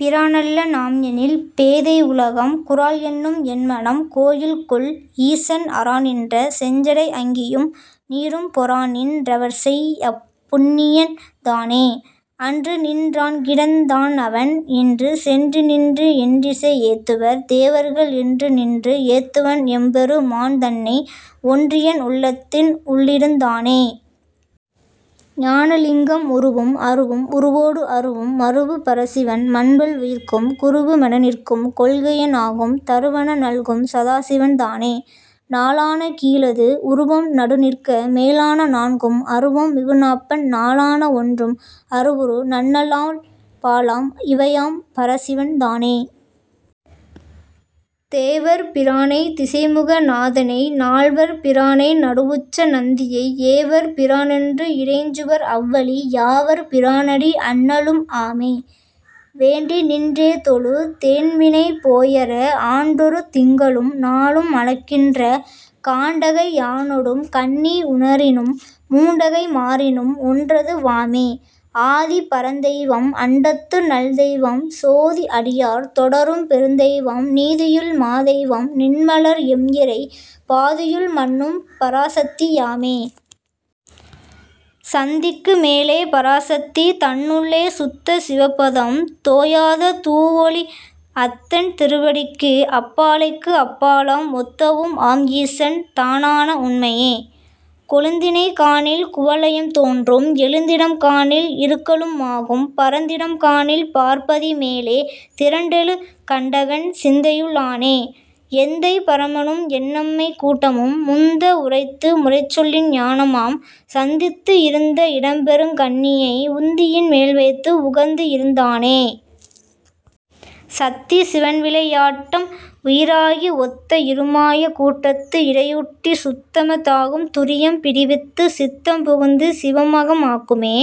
பிரான்அல்ல நாம்எனில் பேதை உலகம் குரால்என்னும் என்மனம் கோயில்கொள் ஈசன் அராநின்ற செஞ்சடை அங்கியும் நீரும் பொராநின் றவர்செய்அப் புண்ணியன் தானே. அன்று நின் றான்கிடந் தான்அவன் என்று சென்றுநின்று எண்டிசை ஏத்துவர் தேவர்கள் என்றுநின்று ஏத்துவன் எம்பெரு மான்தன்னை ஒன்றியென் உள்ளத்தின் உள்ளிருந் தானே.. ஞான லிங்கம் உருவும் அருவும் உருவோடு அருவும் மருவு பரசிவன் மன்பல் உயிர்க்கும் குருவு மெனநிற்கும் கொள்கையன் ஆகும் தருவென நல்கும் சதாசிவன் தானே. நாலான கீழது உருவம் நடுநிற்க மேலான நான்கும் அருவம் மிகுநாப்பண் நாலான ஒன்றும் அருவுரு நண்ணலால் பாலாம் இவையாம் பரசிவன் தானே. தேவர் பிரானைத் திசைமுக நாதனை நால்வர் பிரானை நடுவுற்ற நந்தியை ஏவர் பிரான்என்று இறைஞ்சுவர் அவ்வழி யாவர் பிரானடி அண்ணலும் ஆமே. வேண்டிநின் றேதொழு தேன்வினை போயற ஆண்டொரு திங்களும் நாளும் அளக்கின்ற காண்டகை யானொடும் கன்னி உணரினும் மூண்டகை மாறினும் ஒன்றது வாமே. ஆதி பரந்தெய்வம் அண்டத்து நல்தெய்வம் சோதி அடியார் தொடரும் பெருந்தெய்வம் நீதியுள் மாதெய்வம் நின்மலர் எம்இறை பாதியுள் மன்னும் பராசத்தி யாமே. சந்திக்கு மேலே பராசத்தி தன்னுள்ளே சுத்த சிவபதம் தோயாத தூவொளி அத்தன் திருவடிக்கு அப்பாலைக்கு அப்பாலாம் ஒத்தவும் ஆம்ஈசன் தானான உண்மையே. கொழுந்தினைக் காணில் குவலயம் தோன்றும் எழுந்திடம் காணில் இருக்கலும் ஆகும் பரந்திடம் காணில் பார்ப்பதி மேலே திரண்டெழக் கண்டவன் சிந்தையு ளானே. எந்தை பரமனும் என்னம்மை கூட்டமும் முந்த உரைத்து முறைசொல்லின் ஞானமாம் சந்தித்து இருந்த இடம்பெருங் கண்ணியை உந்தியின் மேல்வைத்து உகந்து இருந்தானே. சத்தி சிவன்விளை யாட்டாம் உயிராகி ஒத்த இருமாயா கூட்டத்து இடையூட்டிச் சுத்தம தாகும் துரியம் பிறிவித்துச் சித்தம் புகுந்து சிவம்அகம் ஆக்குமே.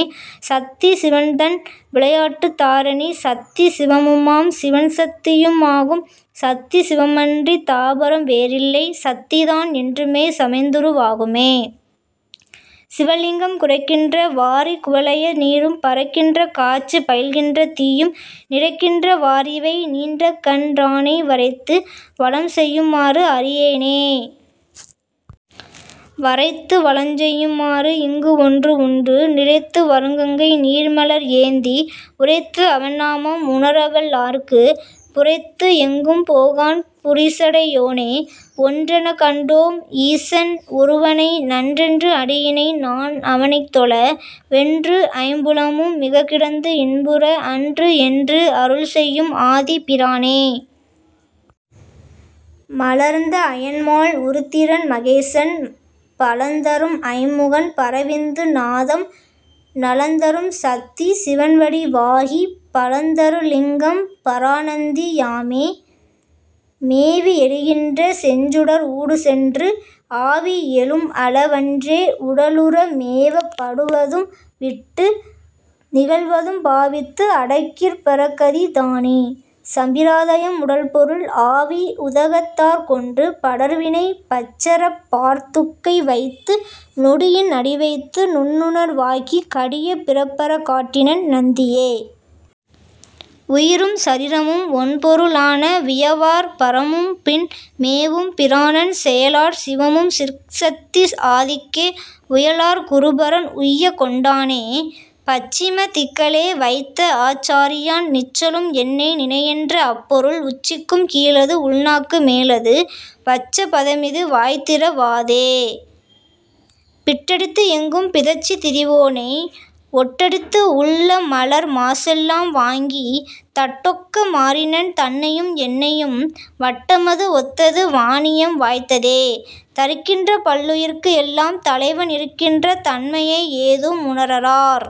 சத்தி சிவன்தன் விளையாட்டுத் தாரணி சத்தி சிவமுமாம் சிவன்சத் தியுமாகும் சத்தி சிவமன்றித் தாபரம் வேறில்லை சத்திதான் என்றும் சமைந்துரு வாகுமே.. சிவலிங்கம் குரைக்கின்ற வாரிக் குவலய நீரும் பரக்கின்ற காற்றுப் பயில்கின்ற தீயும் நிரைக்கின்ற வாறிவை நீண்டகன் றானை வரைத்து வலம்செயு மாறுஅறி யேனே. வரைத்து வலஞ்செய்யு மாறுஇங்குஒன்று உண்டு நிரைத்து வருகங்கை நீர்மலர் ஏந்தி உரைத்து அவன் நாமம் உணரவல் லார்க்குப் புரைத்துஎங்கும் போகான் புரிசடை யோனே. ஒன்றெனக் கண்டோ ம் ஈசன் ஒருவனை நன்றென்று அடியிணை நான்அவனைத்தொழ வென்றுஐம் புலமும் மிகக்கிடந்து இன்புற அன்றுஎன்று அருள்செய்யும் ஆதிப் பிரானே. மலர்ந்த அயன்மால் உருத்திரன் மகேசன் பலந்தரும் ஐம்முகன் பரவிந்து நாதம் நலந்தரும் சத்தி சிவன்வடி வாகிப் பலந்தரு லிங்கம் பராநந்தி யாமே. மேவி எழுகின்ற செஞ்சுடர் ஊடுசென்று ஆவி எழும்அள வன்றே உடலுற மேவப் படுவதும் விட்டு நிகழ்வதும் பாவித்து அடக்கிற் பரகதி தானே.. சம்பிரதாயம் உடல்பொருள் ஆவி உதகத்தாற் கொண்டு படர்வினை பற்றறப் பார்த்துக்கை வைத்து நொடியின் அடிவைத்து நுண்ணுணர் வாக்கி கடியப் பிறப்பறக் காட்டினன் நந்தியே. உயிரும் சரீரமும் ஒண்பொரு ளான வியவார் பரமும்பின் மேவும் பிராணன் செயலார் சிவமும் சிற்சத்தி ஆதிக்கே உயலார் குருபரன் உய்யக் கொண்டானே. பச்சிம திக்கலே வைத்தஆ சாரியன் நிச்சலும் என்னை நினையென்ற அப்பொருள் உச்சிக்கும் கீழது உள்நாக்கு மேலது வைச்ச பதமிது வாய்திற வாதே. பிட்டடித்து எங்கும் பிதற்றித் திரிவோனை ஒட்டடித்து உள்ளமர் மாசெலாம் வாங்கித் தட்டொக்க மாறினன் தன்னையும் என்னையும் வட்டமது ஒத்தது வாணிபம் வாய்த்ததே. தரிக்கின்ற பல்லுயிர்க்கு எல்லாம் தலைவன் இருக்கின்ற தன்மையை ஏதும் உணரார்